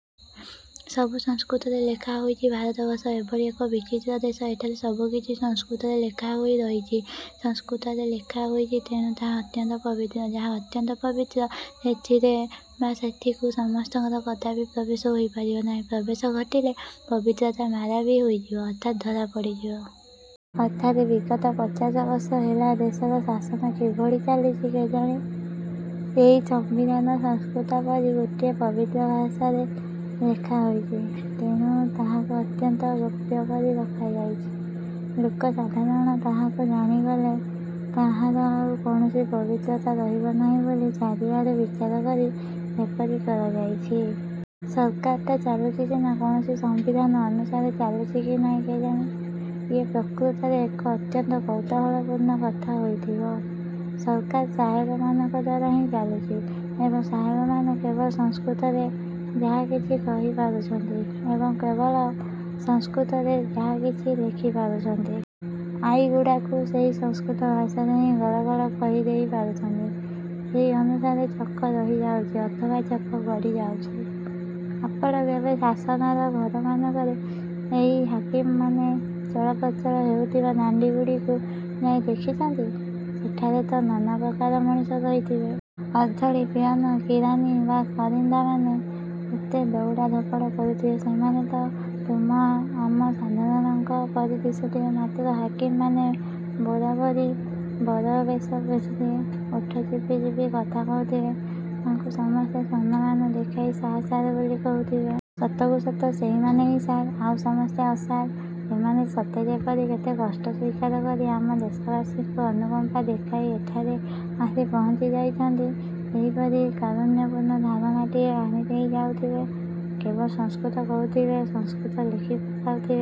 ସବୁ ସଂସ୍କୃତରେ ଲେଖାହୋଇଛି ଭାରତବର୍ଷ ଏଭଳି ଏକ ବିଚିତ୍ର ଦେଶ, ଏଠାରେ ସବୁକିଛି ସଂସ୍କୃତରେ ଲେଖାହୋଇ ରହିଛି। ସଂସ୍କୃତରେ ଲେଖା ହୋଇଛି ତେଣୁ ତାହା ଅତ୍ୟନ୍ତ ପବିତ୍ର। ଯାହା ଅତ୍ୟନ୍ତ ପବିତ୍ର, ସେଥିରେ ବା ସେଥିକୁ ସମସ୍ତଙ୍କର କଦାପି ପ୍ରବେଶ ହୋଇପାରିବ ନାହିଁ। ପ୍ରବେଶ ଘଟିଲେ ପବିତ୍ରତା ମାରା ବି ହୋଇଯିବ ଅର୍ଥାତ୍ ଧରା ପଡ଼ିଯିବ। ଅର୍ଥାତ୍ ବିଗତ ପଚାଶବର୍ଷ ହେଲା ଦେଶର ଶାସନ କିଭଳି ଚାଲିଛି କେଜାଣି? ସେହି ସମ୍ବିଧାନ ସଂସ୍କୃତ ପରି ଗୋଟିଏ ପବିତ୍ର ଭାଷାରେ ଲେଖା ହୋଇଛି। ତେଣୁ, ତାହାକୁ ଅତ୍ୟନ୍ତ ଗୋପ୍ୟ କରି ରଖାଯାଇଛି। ଲୋକସାଧାରଣ ତାହାକୁ ଜାଣିଗଲେ ତାହାର ଆଉ କୌଣସି ପବିତ୍ରତା ରହିବନାହିଁ ବୋଲି ଚାରିଆଡ଼ୁ ବିଚାର କରି ସେପରି କରାଯାଇଛି। ସରକାରଟା ଚାଲୁଛି ସିନା, କୌଣସି ସମ୍ବିଧାନ ଅନୁସାରେ ଚାଲୁଛି କି ନାହିଁ କେଜାଣି? ଇଏ ପ୍ରକୃତରେ ଏକ ଅତ୍ୟନ୍ତ କୌତୁହଳପୂର୍ଣ୍ଣ କଥା ହୋଇଥିବ। ସରକାର ସାହେବମାନଙ୍କ ଦ୍ୱାରା ହିଁ ଚାଲୁଛି। ଏବଂ ସାହେବମାନେ କେବଳ ସଂସ୍କୃତରେ ଯାହାକିଛି କହି ପାରୁଛନ୍ତି ଏବଂ କେବଳ ସଂସ୍କୃତରେ ଯାହାକିଛି ଲେଖି ପାରୁଛନ୍ତି। ଆଇଗୁଡ଼ାକୁ ସେହି ସଂସ୍କୃତ ଭାଷାରେ ହିଁ ଗଳ ଗଳ କହିଦେଇ ପାରୁଛନ୍ତି। ସେହି ଅନୁସାରେ ଚକ ରହିଯାଉଛି ଅଥବା ଚକ ଗଡ଼ିଯାଉଛି। ଆପଣ କେବେ ଶାସନର ଘରମାନଙ୍କରେ ଏହି ହାକିମମାନେ ଚଳପ୍ରଚଳ ହେଉଥିବା ଦାଣ୍ଡିଗୁଡ଼ିକୁ ଯାଇ ଦେଖିଛନ୍ତି? ସେଠାରେ ତ ନାନା ପ୍ରକାର ମଣିଷ ରହିଥିବେ। ଅର୍ଦ୍ଦଳି, ପିଅନ, କିରାନି ବା କାରିନ୍ଦାମାନେ କେତେ ଦଉଡ଼ା ଧପଡ଼ କରୁଥିବେ। ସେମାନେ ତ ତୁମ ଆମ ସାଧାରଣଙ୍କ ପରି ଦିଶୁଥବେ, ମାତ୍ର ହାକିମ ମାନେ ବୋରାବୋରି ବରବେଶ ପିନ୍ଧିଥିବେ, ଓଠ ଚିପି ଚିପି କଥା କହୁଥିବେ। ତାଙ୍କୁ ସମସ୍ତେ ସନମାନ ଦେଖାଇ ସାର୍ ସାର୍ ବୋଲି କହୁଥିବେ। ସତକୁ ସତ ସେଇମାନେ ହିଁ ସାର, ଆଉ ସମସ୍ତେ ଅସାର। ସେମାନେ ସତେ ଯେପରି କେତେ କଷ୍ଟ ସ୍ୱୀକାର କରି ଆମ ଦେଶବାସୀଙ୍କୁ ଅନୁକମ୍ପା ଦେଖାଇ ଏଠାରେ ଆସି ପହଞ୍ଚି ଯାଇଛନ୍ତି, ସେହିପରି କାରୁଣ୍ୟପୂର୍ଣ୍ଣ ଧାରଣାଟିଏ ଆଣିଦେଇ ଯାଉଥିବେ। କେବଳ ସଂସ୍କୃତ କହୁଥିବେ, ସଂସ୍କୃତ ଲେଖି ପକାଉଥିବେ।